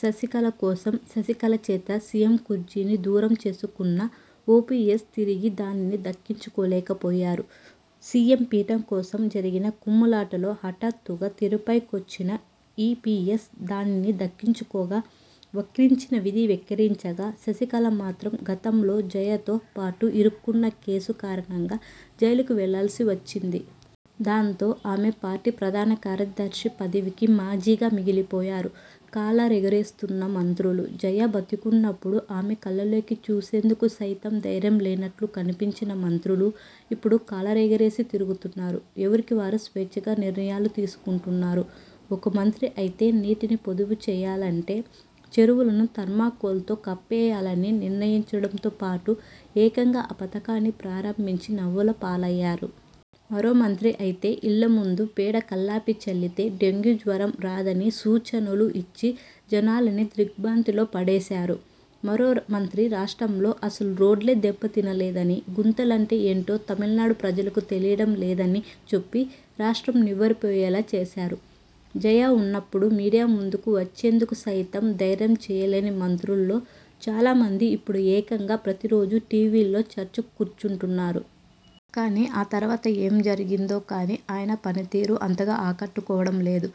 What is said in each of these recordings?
శశికళ కోసం, శశికళ చేత సీఎం కుర్చీని దూరం చేసుకున్న ఓపీఎస్ తిరిగి దానిని దక్కించుకోలేకపోయారు. సీఎం పీఠం కోసం జరిగిన కుమ్ములాటలో హఠాత్తుగా తెరపైకొచ్చిన ఈపీఎస్ దానిని దక్కించుకోగా, వక్రించిన విధి వెక్కిరించగా శశికళ మాత్రం గతంలో జయతో పాటు ఇరుక్కున కేసు కారణంగా జైలుకు వెళ్లాల్సి వచ్చింది. దాంతో ఆమె పార్టీ ప్రధాన కార్యదర్శి పదవికీ మాజీగా మిగిలిపోయారు. కాలరెగరేస్తున్న మంత్రులు జయ బతికివున్నప్పుడు ఆమె కళ్లలోకి చూసేందుకు సైతం ధైర్యం లేనట్టుగా కనిపించిన మంత్రులు ఇప్పుడు కాలరెగరేసి తిరుగుతున్నారు. ఎవరికి వారు స్వేచ్ఛగా నిర్ణయాలు తీసుకుంటు న్నారు. ఒక మంత్రి అయితే నీటిని పొదుపు చేయాలంటే చెరువులను థర్మాకోల్తో కప్పేయాలని నిర్ణయించడంతో పాటు ఏకంగా ఆ పథకాన్ని ప్రారంభించి నవ్వుల పాలయ్యారు. మరో మంత్రి అయితే ఇళ్లముందు పేడ కళ్లాపి చల్లితే డెంగ్యూ జ్వరం రాదని సూచనలు ఇచ్చి జనాల్ని దిగ్ర్భాంతిలో పడేశారు. మరో మంత్రి రాష్ట్రంలో అసలు రోడ్లే దెబ్బతినలేదని, గుంతలంటే ఏంటో తమిళనాడు ప్రజలకు తెలియడం లేదని చెప్పి రాష్ట్రం నివ్వెరపోయేలా చేశారు. జయ వున్నప్పుడు మీడియా ముందుకు వచ్చేందుకు సైతం ధైర్యం చేయలేని మంత్రుల్లో చాలామంది ఇప్పుడు ఏకంగా ప్రతిరోజూ టీవీల్లో చర్చకు కూర్చుంటున్నారు. కానీ ఆ తరువాత ఏం జరిగిందో కానీ ఆయన పనితీరూ అంతగా ఆకట్టుకోవడం లేదు.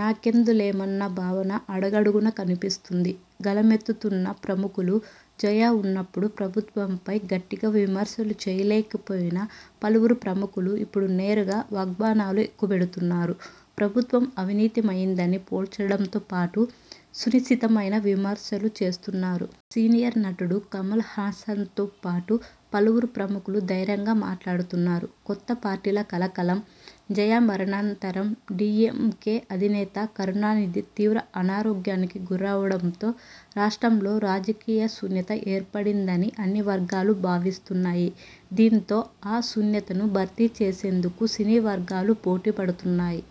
నాకెందులెమ్మన్న భావన అడుగడుగునా కనిపిస్తోంది. గళమెత్తుతున్న ప్రముఖులుజయ వున్నప్పుడు ప్రభుత్వంపై గట్టిగా విమర్శలు చేయలేకపోయిన పలువురు ప్రముఖులు ఇప్పుడు నేరుగా వాగ్బాణాలు ఎక్కుపెడుతున్నారు. ప్రభుత్వం అవినీతివయమైందని పోల్చడంతో పాటు సునిశితమైన విమర్శలు చేస్తున్నారు. సీనియర్ నటుడు కమలహాసన్తో పాటు పలువురు ప్రముఖులు ధైర్యంగా మాట్లాడుతున్నారు. కొత్త పార్టీల కలకలం! జయ మరణానంతరం, డీఎంకే అధినేత కరుణానిధి తీవ్ర అనారోగ్యానికి గురవ్వడంతో రాష్ట్రంలో రాజకీయ శూన్యత ఏర్పడిందని అన్ని వర్గాలు భావిస్తున్నాయి. దీంతో ఆ శూన్యతను భర్తీ చేసేందుకు సినీవర్గాలు పోటీపడుతున్నాయి.